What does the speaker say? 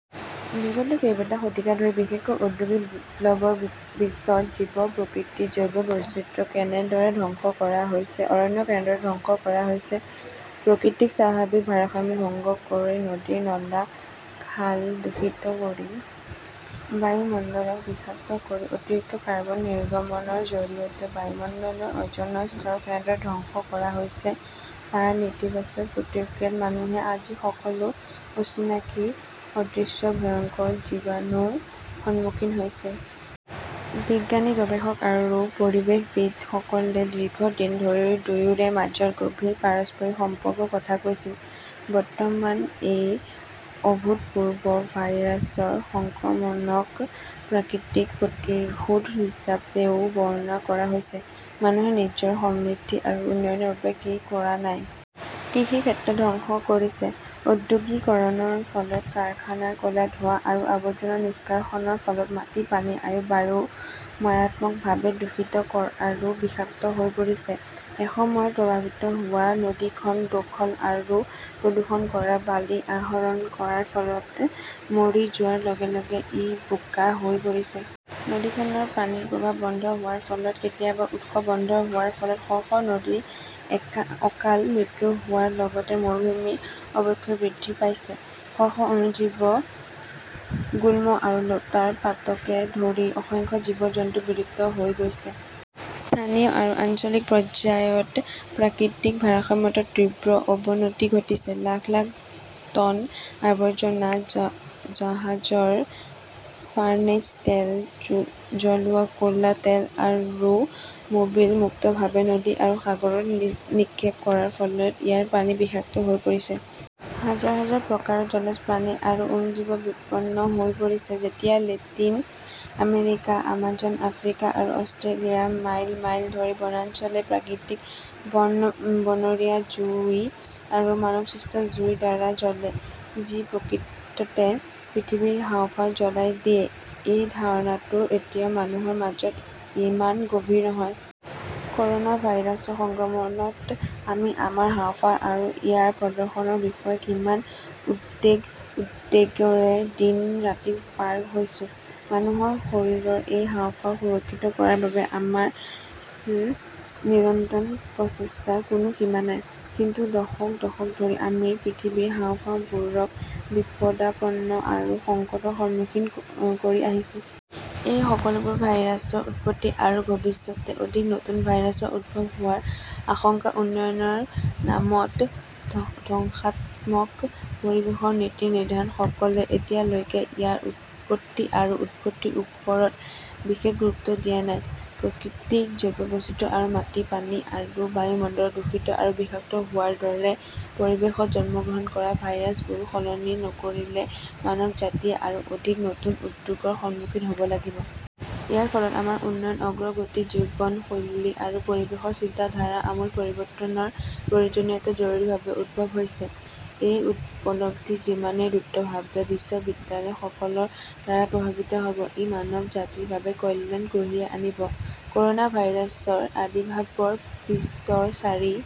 বিগত কেইবা শতিকা ধৰি, বিশেষকৈ ঔদ্যোগিক বিপ্লৱৰ পিছত জীৱ-প্ৰকৃতি, জৈৱ বৈচিত্ৰ্য কেনেদৰে ধ্বংস কৰা হৈছে, অৰণ্য কেনেদৰে ধ্বংস কৰা হৈছে, প্ৰকৃতিৰ স্বাভাৱিক ভাৰসাম্য ভংগ কৰি নদীৰ নলা, খাল দূষিত কৰি বায়ুমণ্ডলক বিষাক্ত কৰি অতিৰিক্ত কাৰ্বন নিৰ্গমনৰ জৰিয়তে বায়ুমণ্ডলৰ অ’জনৰ স্তৰ কেনেদৰে ধ্বংস কৰা হৈছে তাৰ নেতিবাচক প্ৰতিক্ৰিয়াত মানুহে আজি সকলো অচিনাকি অদৃশ্য ভয়ংকৰ জীৱাণুৰ সন্মুখীন হৈছে। বিজ্ঞানী, গৱেষক আৰু পৰিৱেশবিদসকলে দীৰ্ঘদিন ধৰি দুয়োৰে মাজত গভীৰ পাৰস্পৰিক সম্পৰ্কৰ কথা কৈছিল। বৰ্তমান এই অভূতপূৰ্ব ভাইৰাছৰ সংক্ৰমণক প্ৰকৃতিৰ প্ৰতিশোধ হিচাপেও বৰ্ণনা কৰা হৈছে। মানুহে নিজৰ সমৃদ্ধি আৰু উন্নয়নৰ বাবে কি কৰা নাই! কৃষিক্ষেত্ৰ ধ্বংস কৰিছে, ঔদ্যোগিকৰণৰ ফলত কাৰখানাৰ ক'লা ধোঁৱা আৰু আৱৰ্জনা নিষ্কাশনৰ ফলত মাটি, পানী আৰু বায়ু মাৰাত্মকভাৱে দূষিত আৰু বিষাক্ত হৈ পৰিছে। এসময়ত প্ৰৱাহিত হোৱা নদীখন দখল আৰু-প্ৰদূষণ কৰা বালি আহৰণ কৰাৰ ফলত মৰি যোৱাৰ লগে লগে ই বোকা হৈ পৰিছে। নদীখনৰ পানীৰ প্ৰবাহ বন্ধ হোৱাৰ ফলত, কেতিয়াবা উৎস বন্ধ হোৱাৰ ফলত শ শ নদীৰ একা অকাল মৃত্যু হোৱাৰ লগতে মৰুভূমিৰ অৱক্ষয় বৃদ্ধি পাইছে। শ শ অণুজীৱ, গুল্ম আৰু লতাৰ পাতকে ধৰি অসংখ্য জীৱ-জন্তু বিলুপ্ত হৈ গৈছে। স্থানীয় আৰু আঞ্চলিক পৰ্যায়ত প্ৰাকৃতিক ভাৰসাম্যৰ তীব্ৰ অৱনতি ঘটিছে। লাখ লাখ টন আৱৰ্জনা, জাহাজৰ ফাৰ্নেচ তেল, জ্বলোৱা ক'লা তেল আৰু মবিল মুক্তভাৱে নদী আৰু সাগৰত নিক্ষেপ কৰাৰ ফলত ইয়াৰ পানী বিষাক্ত হৈ পৰিছে। হাজাৰ হাজাৰ প্ৰকাৰৰ জলজ প্ৰাণী আৰু অণুজীৱ বিপন্ন হৈ পৰিছে। যেতিয়া লেটিন আমেৰিকাৰ আমাজন, আফ্ৰিকা আৰু অষ্ট্ৰেলিয়াৰ মাইল মাইল ধৰি বনাঞ্চলে প্ৰাকৃতিক বন বনৰীয়া জুই আৰু মানৱসৃষ্ট জুইৰ দ্বাৰা জ্বলে, যি প্ৰকৃততে পৃথিৱীৰ হাঁওফাঁও জ্বলাই দিয়ে-এই ধাৰণাটো এতিয়াও মানুহৰ মাজত ইমান গভীৰ নহয়। ক’ৰ’না ভাইৰাছৰ সংক্ৰমণত আমি আমাৰ হাঁওফাঁও আৰু ইয়াৰ প্ৰদৰ্শনৰ বিষয়ে কিমান উদ্বেগ-উদ্বেগৰে দিন-ৰাতি পাৰ হৈছো! মানুহৰ শৰীৰৰ এই হাঁওফাঁও সুৰক্ষিত কৰাৰ বাবে আমাৰ নিৰন্তৰ প্ৰচেষ্টাৰ কোনো সীমা নাই। কিন্তু দশক দশক ধৰি আমি পৃথিৱীৰ হাঁওফাঁওবোৰক বিপদাপন্ন আৰু সংকটৰ সন্মুখীন কৰি আহিছো। এই সকলোবোৰ ভাইৰাছৰ উৎপত্তি আৰু ভৱিষ্যতে অধিক নতুন ভাইৰাছৰ উদ্ভৱ হোৱাৰ আশংকা-উন্নয়নৰ নামত ধ্বংসাত্মক পৰিৱেশত-নীতি নিৰ্ধাৰকসকলে এতিয়ালৈকে ইয়াৰ উৎপত্তি আৰু উৎপত্তিৰ ওপৰত বিশেষ গুৰুত্ব দিয়া নাই। প্ৰকৃতি, জৈৱ বৈচিত্ৰ্য আৰু মাটি, পানী আৰু বায়ুমণ্ডল দূষিত আৰু বিষাক্ত হোৱাৰ দৰে পৰিৱেশত জন্মগ্ৰহণ কৰা ভাইৰাছবোৰ সলনি নকৰিলে মানৱজাতিয়ে আৰু অধিক নতুন উদ্যোগৰ সন্মুখীন হ 'ব লাগিব। ইয়াৰ ফলত আমাৰ উন্নয়ন, অগ্ৰগতি, জীৱনশৈলী আৰু পৰিৱেশৰ চিন্তাধাৰাত আমূল পৰিৱৰ্তনৰ প্ৰয়োজনীয়তা জৰুৰীভাৱে উদ্ভৱ হৈছে। এই উপলব্ধি যিমানেই দ্ৰুতভাৱে বিশ্ববিদ্যালয়সকলৰ দ্বাৰা প্ৰভাৱিত হ’ব, ই মানৱজাতিৰ বাবে কল্যাণ কঢ়িয়াই আনিব। ক’ৰ 'না ভাইৰাছৰ আবিৰ্ভাৱৰ পিছৰ চাৰি